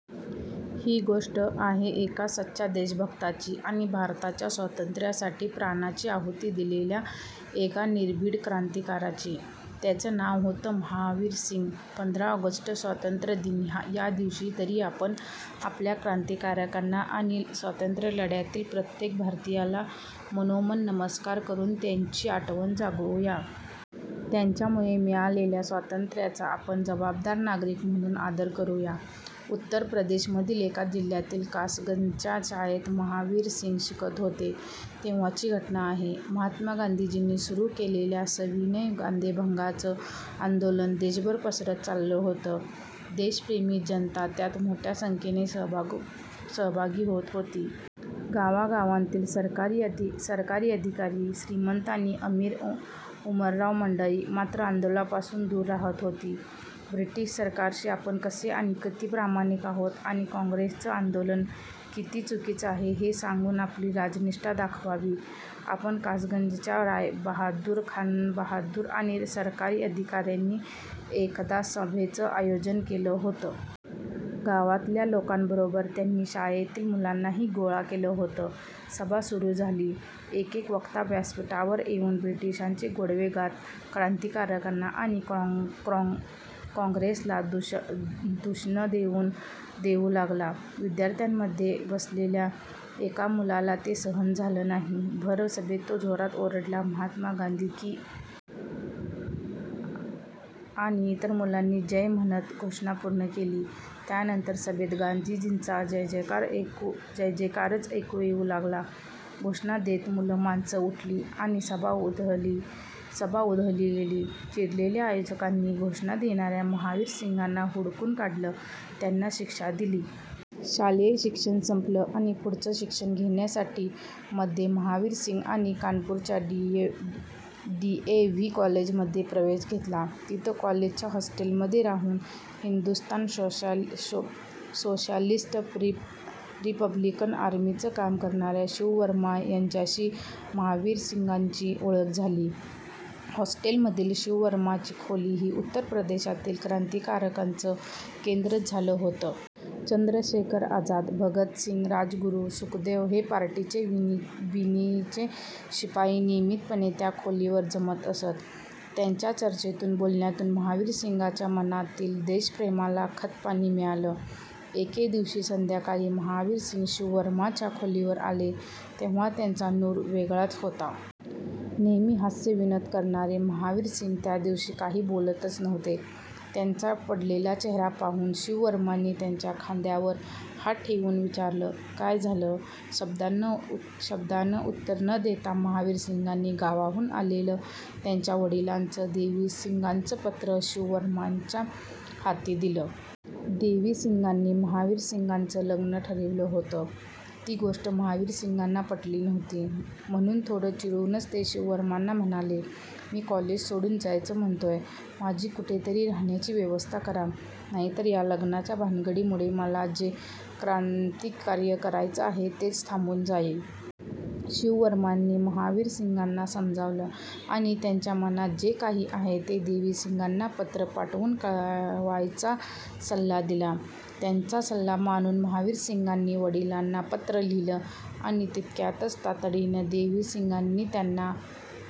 ही गोष्ट आहे एका सच्च्या देशभक्ताची आणि भारताच्या स्वातंत्र्यासाठी प्राणाची आहुती दिलेल्या एका निर्भीड क्रांतिकारकाची. त्याचं नाव होतं महावीरसिंग! पंधरा ऑगस्ट स्वातंत्र्यदिन. या दिवशी तरी आपण आपल्या क्रांतिकारकांना आणि स्वातंत्र्यलढ्यातील प्रत्येक भारतीयाला मनोमन नमस्कार करून त्यांची आठवण जागवूया. त्यांच्यामुळे मिळालेल्या स्वातंत्र्याचा आपण जबाबदार नागरिक बनून आदर करूया. उत्तर प्रदेशमधील एका जिल्ह्यातील कासगंजच्या शाळेत महावीरसिंग शिकत होते, तेव्हाची घटना आहे. महात्मा गांधीजींनी सुरू केलेल्या सविनय कायदेभंगाचं आंदोलन देशभर पसरत चाललं होतं. देशप्रेमी जनता त्यात मोठ्या संख्येने सहभागी होत होती. गावागावांतील सरकारी अधिकारी, श्रीमंत आणि अमीर-उमराव मंडळी मात्र आंदोलनापासून दूर राहत होती. ब्रिटिश सरकारशी आपण कसे आणि किती प्रामाणिक आहोत आणि काँग्रेसचं आंदोलन किती चुकीचं आहे हे सांगून आपली राजनिष्ठा दाखवावी, म्हणून कासगंजच्या रायबहादूर खानबहादूर आणि सरकारी अधिकाऱ्यांनी एकदा सभेचं आयोजन केलं होतं. गावातल्या लोकांबरोबर त्यांनी शाळेतील मुलांनाही गोळा केलं होतं. सभा सुरू झाली. एकेक वक्ता व्यासपीठावर येऊन ब्रिटिशांचे गोडवे गात क्रांतिकारकांना आणि काँग्रेसला दूषणं देऊ लागला. विद्यार्थ्यांमध्ये बसलेल्या एका मुलाला ते सहन झालं नाही. भर सभेत तो जोरात ओरडला, 'महात्मा गांधी की...' आणि इतर मुलांनी 'जय' म्हणत घोषणा पूर्ण केली. त्यानंतर सभेत गांधीजींचा जयजयकारच ऐकू येऊ लागला. घोषणा देत मुलं-माणसं उठली आणि सभा उधळली गेली. चिडलेल्या आयोजकांनी घोषणा देणाऱ्या महावीरसिंगांना हुडकून काढलं. त्यांना शिक्षा दिली. शालेय शिक्षण संपलं आणि पुढचं शिक्षण घेण्यासाठी मध्ये महावीरसिंग यांनी कानपूरच्या डी. ए. व्ही. कॉलेजमध्ये प्रवेश घेतला. तिथं कॉलेजच्या हॉस्टेलमध्ये राहून 'हिंदुस्थान सोशॅलिस्ट रिपब्लिकन आर्मी'चं काम करणाऱ्या शिववर्मा यांच्याशी महावीरसिंगांची ओळख झाली. हॉस्टेलमधील शिववर्मांची खोली ही उत्तर प्रदेशातील क्रांतिकारकांचं केंद्रच झालं होतं. चंद्रशेखर आझाद, भगतसिंग, राजगुरू, सुखदेव हे पार्टीचे बिनीचे शिपाई नियमितपणे त्या खोलीवर जमत असत. त्यांच्या चर्चेतून, बोलण्यातून महावीरसिंगांच्या मनातील देशप्रेमाला खतपाणी मिळालं. एके दिवशी संध्याकाळी महावीरसिंग शिववर्मांच्या खोलीवर आले तेव्हा त्यांचा नूर वेगळाच होता. नेहमी हास्यविनोद करणारे महावीरसिंग त्या दिवशी काही बोलतच नव्हते. त्यांचा पडलेला चेहरा पाहून शिववर्मांनी त्यांच्या खांद्यावर हात ठेवून विचारलं, 'काय झालं?' शब्दानं उत्तर न देता महावीरसिंगांनी गावाहून आलेलं त्यांच्या वडिलांचं- देवीसिंगांचं पत्र शिववर्मांच्या हाती दिलं. देवीसिंगांनी महावीरसिंगांचं लग्न ठरविलं होतं, ती गोष्ट महावीरसिंगांना पटली नव्हती. म्हणून थोडं चिडूनच ते शिववर्मांना म्हणाले, 'मी कॉलेज सोडून जायचं म्हणतोय, माझी कुठे तरी राहण्याची व्यवस्था करा. नाहीतर या लग्नाच्या भानगडीमुळे मला जे क्रांतिकार्य करायचं आहे तेच थांबून जाईल.' शिववर्मांनी महावीरसिंगांना समजावलं आणि त्यांच्या मनात जे काही आहे ते देवीसिंगांना पत्र पाठवून कळवायचा सल्ला दिला. त्यांचा सल्ला मानून महावीरसिंगांनी वडिलांना पत्र लिहिलं आणि तितक्याच तातडीनं देवीसिंगांनी त्यांना